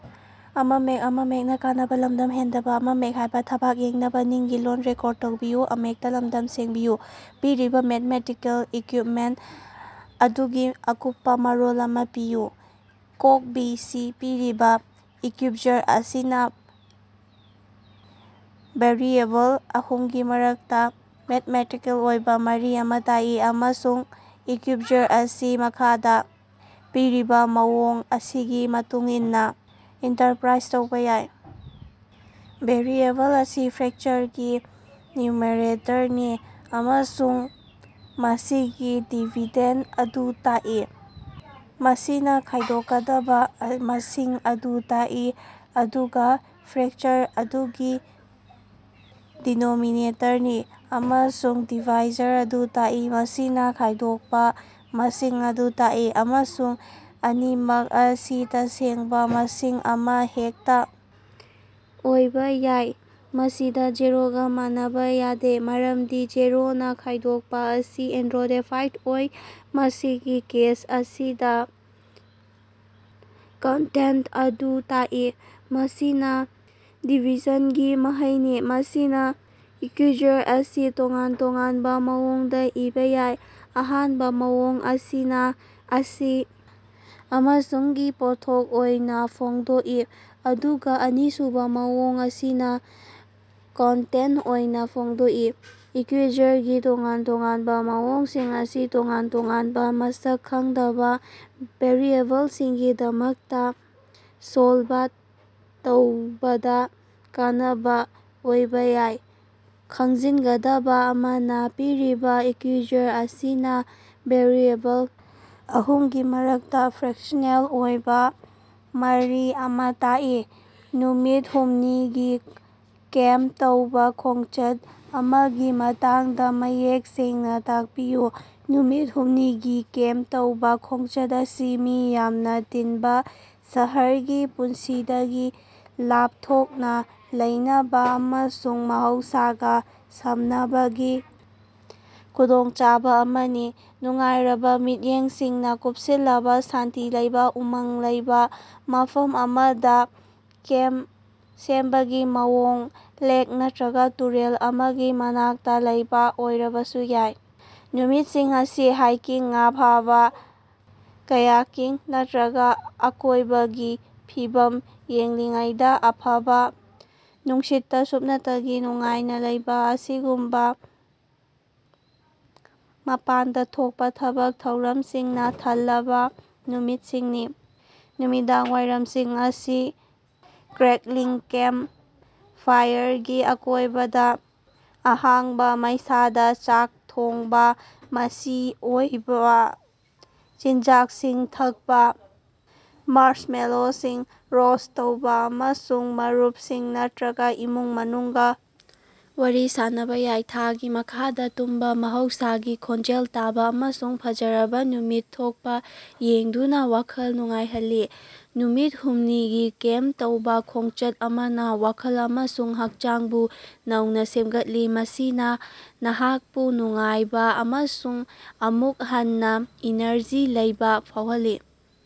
ꯄꯤꯔꯤꯕ mathematical equipment ꯑꯗꯨꯒꯤ ꯑꯀꯨꯞꯄ ꯃꯔꯣꯜ ꯑꯃ ꯄꯤꯌꯨ꯫ ꯀ/ꯕꯤ ꯁꯤ ꯄꯤꯔꯤꯕ ꯏꯀ꯭ꯌꯨꯏꯖꯔ ꯑꯁꯤꯅ ꯚꯦꯔꯤꯑꯦꯕꯜ ꯑꯍꯨꯝꯒꯤ ꯃꯔꯛꯇ ꯃꯦꯊꯃꯦꯇꯤꯀꯦꯜ ꯑꯣꯏꯕ ꯃꯔꯤ ꯑꯃꯥ ꯇꯥꯛꯏ ꯑꯃꯁꯨꯡ ꯏꯀ꯭ꯌꯨꯏꯖꯔ ꯑꯁꯤ ꯃꯈꯥꯗ ꯄꯤꯔꯤꯕ ꯃꯑꯣꯡ ꯑꯁꯤꯒꯤ ꯃꯇꯨꯡ ꯏꯟꯅ ꯏꯟꯇꯔꯄ꯭ꯔꯥꯏꯖ ꯇꯧꯕ ꯌꯥꯏ꯫ ꯚꯦꯔꯤꯑꯦꯕꯜ ꯑꯁꯤ ꯐ꯭ꯔꯦꯛꯆꯔꯒꯤ ꯅ꯭ꯌꯨꯃꯔꯦꯇꯔꯅꯤ ꯑꯃꯁꯨꯡ ꯃꯁꯤꯅ ꯗꯤꯕꯤꯗꯦꯟꯗ ꯑꯗꯨ ꯇꯥꯛꯏ, ꯃꯁꯤꯅꯥ ꯈꯥꯏꯗꯣꯛꯀꯗꯕ ꯃꯁꯤꯡ ꯑꯗꯨ ꯇꯥꯛꯏ, ꯑꯗꯨꯒ ꯐ꯭ꯔꯦꯛꯆꯔ ꯑꯗꯨꯒꯤ ꯗꯤꯅꯣꯃꯤꯅꯦꯇꯔꯅꯤ ꯑꯃꯁꯨꯡ ꯗꯤꯚꯥꯏꯖꯔ ꯑꯗꯨ ꯇꯥꯛꯏ, ꯃꯁꯤꯅ ꯈꯥꯏꯗꯣꯛꯄ ꯃꯁꯤꯡ ꯑꯗꯨ ꯇꯥꯛꯏ꯫ ꯑꯃꯁꯨꯡ ꯑꯅꯤꯃꯛ ꯑꯁꯤ ꯇꯁꯦꯡꯕꯥ ꯃꯁꯤꯡ ꯑꯃꯍꯦꯛꯇ ꯑꯣꯏꯕ ꯌꯥꯏ, ꯃꯁꯤꯗ ꯖꯤꯔꯣꯒꯥ ꯃꯥꯟꯅꯕ ꯌꯥꯗꯦ, ꯃꯔꯝꯗꯤ ꯖꯤꯔꯣꯅ ꯈꯥꯏꯗꯣꯛꯄ ꯑꯁꯤ ꯑꯟꯗꯔꯗꯦꯐꯥꯏꯗ ꯑꯣꯏ꯫ ꯃꯁꯤꯒꯤ ꯀꯦꯁ ꯑꯁꯤꯗ ꯀꯣꯟꯇꯦꯟꯇ ꯑꯗꯨ ꯇꯥꯛꯏ, ꯃꯁꯤꯅ ꯗꯤꯚꯤꯖꯟꯒꯤ ꯃꯍꯩꯅꯤ꯫ ꯃꯁꯤꯒꯤ ꯏꯀ꯭ꯌꯨꯏꯖꯔ ꯑꯁꯤ ꯇꯣꯉꯥꯟ ꯇꯣꯉꯥꯟꯕ ꯃꯑꯣꯡꯗ ꯏꯕ ꯌꯥꯏ꯫ ꯑꯍꯥꯟꯕ ꯃꯑꯣꯡ ꯑꯁꯤꯅ ꯑꯁꯤ ꯑꯃꯁꯨꯡ ꯒꯤ ꯄꯣꯠꯊꯣꯛ ꯑꯣꯏꯅ ꯐꯣꯡꯗꯣꯛꯏ, ꯑꯗꯨꯒ ꯑꯅꯤꯁꯨꯕ ꯃꯑꯣꯡ ꯑꯁꯤꯅ ꯀꯣꯟꯇꯦꯟꯇ ꯑꯣꯏꯅ ꯐꯣꯡꯗꯣꯛꯏ꯫ ꯏꯀ꯭ꯌꯨꯏꯖꯔꯒꯤ ꯇꯣꯉꯥꯟ ꯇꯣꯉꯥꯟꯕ ꯃꯑꯣꯡꯁꯤꯡ ꯑꯁꯤꯅ ꯇꯣꯉꯥꯟ ꯇꯣꯉꯥꯟꯕ ꯃꯁꯛ ꯈꯪꯗꯕ ꯚꯦꯔꯤꯑꯦꯕꯜꯁꯤꯡꯒꯤꯗꯃꯛꯇ ꯁꯣꯜꯕ ꯇꯧꯕꯗ ꯀꯥꯟꯅꯕ ꯑꯣꯏꯕ ꯌꯥꯏ꯫ ꯈꯪꯖꯤꯟꯒꯗꯕ ꯑꯃꯅ ꯄꯤꯔꯤꯕ ꯏꯀ꯭ꯌꯨꯏꯖꯔ ꯑꯁꯤꯅ ꯚꯦꯔꯤꯑꯦꯕꯜ ꯑꯍꯨꯝꯒꯤ ꯃꯔꯛꯇ ꯐ꯭ꯔꯦꯛꯆꯅꯦꯜ ꯑꯣꯏꯕ ꯃꯔꯤ ꯑꯃ ꯇꯥꯛꯏ꯫ ꯅꯨꯃꯤꯠ ꯍꯨꯝꯅꯤꯒꯤ ꯀꯦꯝꯄ ꯇꯧꯕ ꯈꯣꯡꯆꯠ ꯑꯃꯒꯤ ꯃꯇꯥꯡꯗ ꯃꯌꯦꯛ ꯁꯦꯡꯅ ꯇꯥꯛꯄꯤꯌꯨ꯫ ꯅꯨꯃꯤꯠ ꯍꯨꯝꯅꯤꯒꯤ ꯀꯦꯝꯄ ꯇꯧꯕ ꯈꯣꯡꯆꯠ ꯑꯁꯤ ꯃꯤ ꯌꯥꯝꯅ ꯇꯤꯟꯕ ꯁꯍꯔꯒꯤ ꯄꯨꯟꯁꯤꯗꯒꯤ ꯂꯥꯞꯊꯣꯛꯅ ꯂꯩꯅꯕ ꯑꯃꯁꯨꯡ ꯃꯍꯧꯁꯥꯒ ꯁꯝꯅꯕꯒꯤ ꯈꯨꯗꯣꯡꯆꯥꯕ ꯑꯃꯅꯤ꯫ ꯅꯨꯡꯉꯥꯏꯔꯕ ꯃꯤꯠꯌꯦꯡꯁꯤꯡꯅ ꯀꯨꯞꯁꯤꯜꯂꯕ ꯁꯥꯟꯇꯤ ꯂꯩꯕ, ꯎꯃꯪ ꯂꯩꯕ ꯃꯐꯝ ꯑꯃꯗ ꯀꯦꯝꯄ ꯁꯦꯝꯕꯒꯤ ꯃꯑꯣꯡ, ꯂꯦꯛ ꯅꯠꯇ꯭ꯔꯒ ꯇꯨꯔꯦꯜ ꯑꯃꯒꯤ ꯃꯅꯥꯛꯇ ꯂꯩꯕ ꯑꯣꯏꯔꯕꯁꯨ ꯌꯥꯏ꯫ ꯅꯨꯃꯤꯠꯁꯤꯡ ꯑꯁꯤ ꯍꯥꯏꯀꯤꯡ, ꯉꯥ ꯐꯥꯕ, ꯀꯥꯌꯥꯀꯤꯡ ꯅꯠꯇ꯭ꯔꯒ ꯑꯀꯣꯏꯕꯒꯤ ꯐꯤꯕꯝ ꯌꯦꯡꯂꯤꯉꯩꯗ ꯑꯐꯕ ꯅꯨꯡꯁꯤꯠꯇ ꯁꯨꯞꯅꯇꯒꯤ ꯅꯨꯡꯉꯥꯏꯅ ꯂꯩꯕ ꯑꯁꯤꯒꯨꯝꯕ ꯃꯄꯥꯟꯗ ꯊꯣꯛꯄ ꯊꯕꯛ ꯊꯧꯔꯝꯁꯤꯡꯅ ꯊꯜꯂꯕ ꯅꯨꯃꯤꯠꯁꯤꯡꯅꯤ꯫ ꯅꯨꯃꯤꯗꯥꯡꯋꯥꯏꯔꯝꯁꯤꯡ ꯑꯁꯤ ꯀ꯭ꯔꯦꯛꯂꯤꯡ ꯀꯦꯝꯄ ꯐꯥꯏꯌꯔꯒꯤ ꯑꯀꯣꯏꯕꯗ ꯑꯍꯥꯡꯕ ꯃꯩꯁꯥꯗ ꯆꯥꯛ ꯊꯣꯡꯕ ꯃꯆꯤ ꯑꯣꯏꯕ ꯆꯤꯟꯖꯥꯛꯁꯤꯡ ꯊꯛꯄ, ꯃꯥꯔꯁꯃꯦꯂꯣꯁꯤꯡ ꯔꯣꯁ꯭ꯠ ꯇꯧꯕ ꯑꯃꯁꯨꯡ ꯃꯔꯨꯞꯁꯤꯡ ꯅꯠꯇ꯭ꯔꯒ ꯏꯃꯨꯡ ꯃꯅꯨꯡꯒ ꯋꯥꯔꯤ ꯁꯥꯅꯕ ꯌꯥꯏ꯫ ꯊꯥꯒꯤ ꯃꯈꯥꯗ ꯇꯨꯝꯕ, ꯃꯍꯧꯁꯥꯒꯤ ꯈꯣꯟꯖꯦꯜ ꯇꯥꯕ, ꯑꯃꯁꯨꯡ ꯐꯖꯔꯕ ꯅꯨꯃꯤꯠ ꯊꯣꯛꯄ ꯌꯦꯡꯗꯨꯅ ꯋꯥꯈꯜ ꯅꯨꯉꯥꯏꯍꯜꯂꯤ꯫ ꯅꯨꯃꯤꯠ ꯍꯨꯝꯅꯤꯒꯤ ꯀꯦꯝꯄ ꯇꯧꯕ ꯈꯣꯡꯆꯠ ꯑꯃꯅ ꯋꯥꯈꯜ ꯑꯃꯁꯨꯡ ꯍꯛꯆꯥꯡꯕꯨ ꯅꯧꯅ ꯁꯦꯝꯒꯠꯂꯤ, ꯃꯁꯤꯅ ꯅꯍꯥꯛꯄꯨ ꯅꯨꯡꯉꯥꯏꯕ ꯑꯃꯁꯨꯡ ꯑꯃꯨꯛ ꯍꯟꯅ ꯏꯅꯔꯖꯤ ꯂꯩꯕ ꯐꯥꯎꯍꯜꯂꯤ꯫